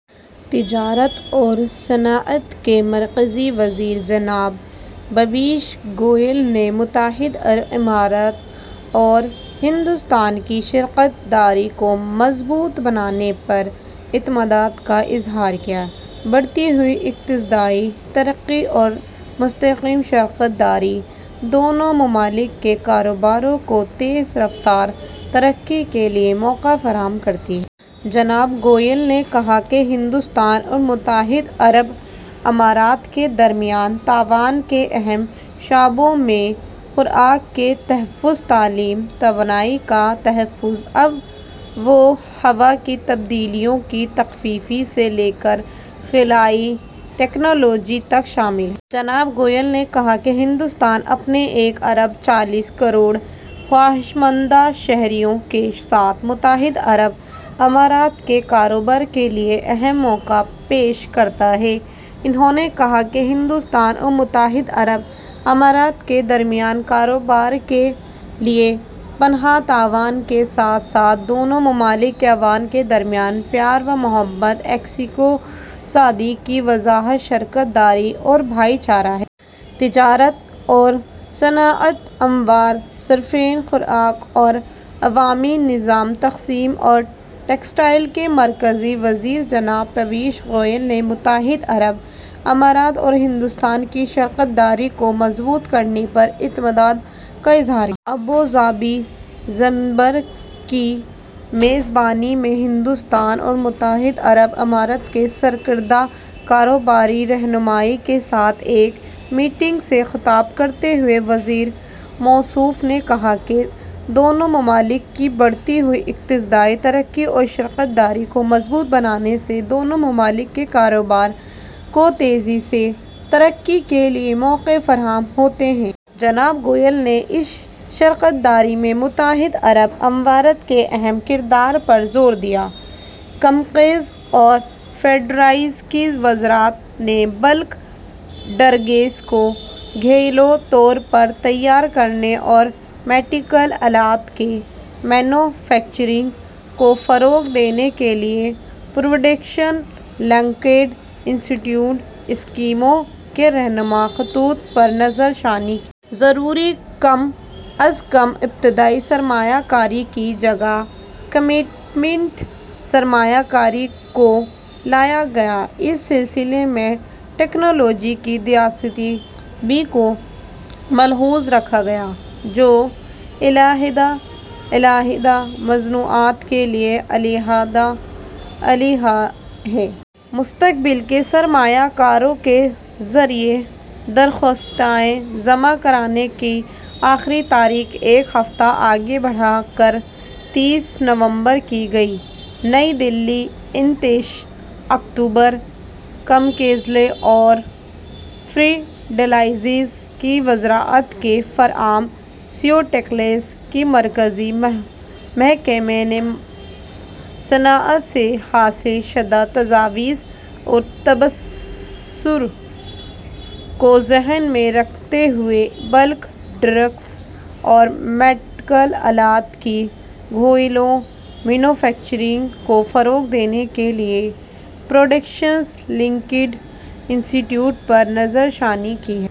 تجارت اور صنعت کے مرکزی وزیر جناب پیوش گوئل نے متحدہ عرب امارات اور ہندوستان کی شراکت داری کو مضبوط بنانے پر اعتماد کا اظہار کیا۔ بڑھتی ہوئی اقتصادی ترقی اور مستحکم شراکت داری دونوں ممالک کے کاروباروں کو تیز رفتار ترقی کے لیے مواقع فراہم کرتی ہے۔ جناب گوئل نے کہا کہ ہندوستان اور متحدہ عرب امارات کے درمیان تعاون کے اہم شعبوں میں خوراک کا تحفظ، تعلیم، توانائی کا تحفظ، آب و ہوا کی تبدیلیوں کی تخفیف سے لے کر خلائی ٹیکنالوجی تک شامل ہیں۔ جناب گوئل نے کہا کہ ہندوستان اپنے ایک ارب چالیس کروڑ خواہشمند شہریوں کے ساتھ متحدہ عرب امارات کے کاروبار کے لیے اہم مواقع پیش کرتا ہے۔ انہوں نے کہا کہ ہندوستان اور متحدہ عرب امارات کے درمیان کاروبار کے بے پناہ تعاون کے ساتھ ساتھ دونوں ممالک کے عوام کے درمیان پیار و محبت، اکیسویں صدی کی واضح شراکت داری اور بھائی چارہ ہے۔ تجارت اور صنعت، امور صارفین، خوراک اور عوامی نظام تقسیم اور ٹیکسٹائل کے مرکزی وزیر جناب پیوش گوئل نے متحدہ عرب امارات اور ہندوستان کی شراکت داری کو مضبوط کرنے پر اعتماد کا اظہار کیا ہے۔ ابوظہبی چیمبر کی میزبانی میں ہندوستان اور متحدہ عرب امارات کے سرکردہ کاروباری رہنماؤں کے ساتھ ایک میٹنگ سے خطاب کرتے ہوئے وزیر موصوف نے کہا کہ دونوں ممالک کی بڑھتی ہوئی اقتصادی ترقی اور شراکت داری کو مضبوط بنانے سے دونوں ممالک کے کاروباروں کو تیزی سے ترقی کے لیے مواقع فراہم ہوتے ہیں۔ جناب گوئل نے اس شراکت داری میں متحدہ عرب امارات کے اہم کردار پر زور دیا۔ کیمیکلز اور فرٹیلائزر کی وزارت نے بلک ڈرگس کو گھریلو طور پر تیار کرنے اور میڈیکل آلات کی مینوفیکچرنگ کو فروغ دینے کے لیے پروڈکشن لنکڈ انسینٹیو اسکیموں کے رہنما خطوط پر نظرثانی کی ہے۔ ضروری کم از کم ابتدائی سرمایہ کاری کی جگہ کمیٹیڈ سرمایہ کاری کو لایا گیا۔ اس سلسلے میں ٹیکنالوجی کی دستیابی کو ملحوظ رکھا گیا، جو علیحدہ علیحدہ مصنوعات کے لیے علیحدہ علیحدہ ہے۔ مستقبل کے سرمایہ کاروں کے ذریعہ درخواستیں جمع کرانے کی آخری تاریخ ایک ہفتہ آگے بڑھا کر تیس نومبر کی گئی۔ نئی دہلی، انتیس اکتوبر۔ کیمیکلز اور فرٹیلائزرز کی وزارت کے فارماسیوٹیکلز کے مرکزی محکمے نے صنعت سے حاصل شدہ تجاویز اور تبصروں کو ذہن میں رکھتے ہوئے بلک ڈرگس اور میڈیکل آلات کی گھریلو مینوفیکچرنگ کو فروغ دینے کے لیے پروڈکشن لنکڈ انسینٹیو پر نظرثانی کی ہے۔